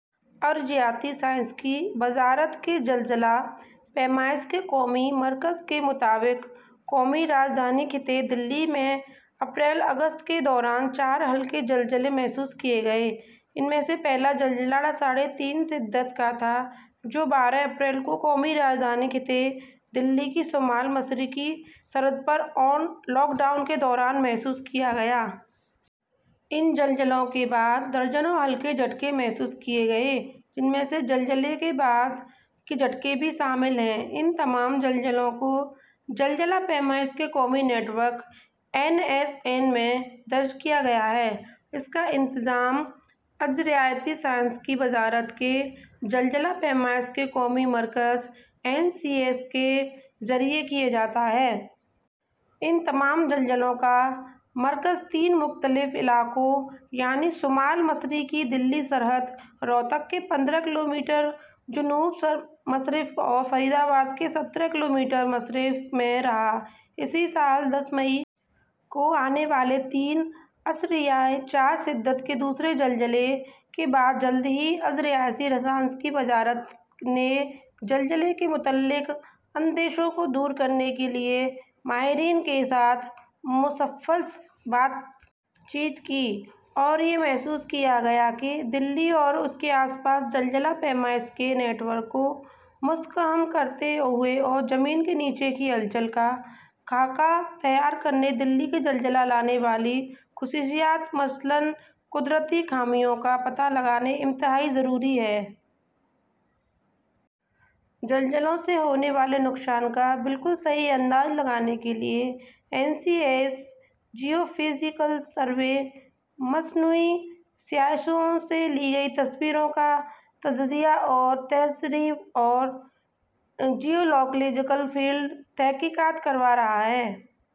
ارضیاتی سائنس کی وزارت کے زلزلہ پیمائی کے قومی مرکز کے مطابق قومی راجدھانی خطہ دہلی میں اپریل سے اگست کے دوران چار ہلکے زلزلے محسوس کیے گئے ان میں سے پہلا زلزلہ ساڑھے تین شدت کا تھا جو بارہ اپریل کو قومی راجدھانی خطہ دہلی کی شمال مشرقی سرحد پر لاک ڈاؤن کے دوران محسوس کیا گیا۔ ان زلزلوں کے بعد درجنوں ہلکے جھٹکے محسوس کیے گئے جن میں زلزلے کے بعد کے جھٹکے بھی شامل ہیں۔ ان تمام زلزلوں کو زلزلہ پیمائی کے قومی network N S N میں درج کیا گیا جس کا انتظام ارضیاتی سائنس کی وزارت کے زلزلہ پیمائی کے قومی مرکز این سی ایس کے ذریعہ کیا جاتا ہے۔ ان تمام زلزلوں کا مرکز تین مختلف علاقوں یعنی شمال مشرقی دہلی سرحد، روہتک کے پندرہ کلومیٹر جنوب مشرق اور فرید آباد کے سترہ کلومیٹر مشرق میں رہا ہے۔ اسی سال دس مئی کو آنے والے تین اشاریہ چار شدت کے دوسرے زلزلے کے بعد جلد ہی ارضیاتی سائنس کی وزارت نے زلزلے سے متعلق خدشات کو دور کرنے کے لیے ماہرین کے ساتھ مفصل بات چیت کی اور یہ محسوس کیا گیا کہ دہلی اور اس کے آس پاس زلزلہ پیمائی کے نیٹ ورک کو مستحکم کرتے ہوئے اور زمین کے نیچے کی ہلچل کا خاکہ تیار کر کے دہلی میں زلزلہ لانے والی خصوصیات مثلاً قدرتی خامیوں کا پتہ لگانا انتہائی ضروری ہے۔ زلزلوں سے ہونے والے نقصان کا بالکل صحیح اندازہ لگانے کے لیے N C S geophysical survey, مصنوعی سیاروں سے لی گئی تصویروں کا تجزیہ اور تشریح اور جیولوجیکل فیلڈ تحقیقات کروا رہا ہے۔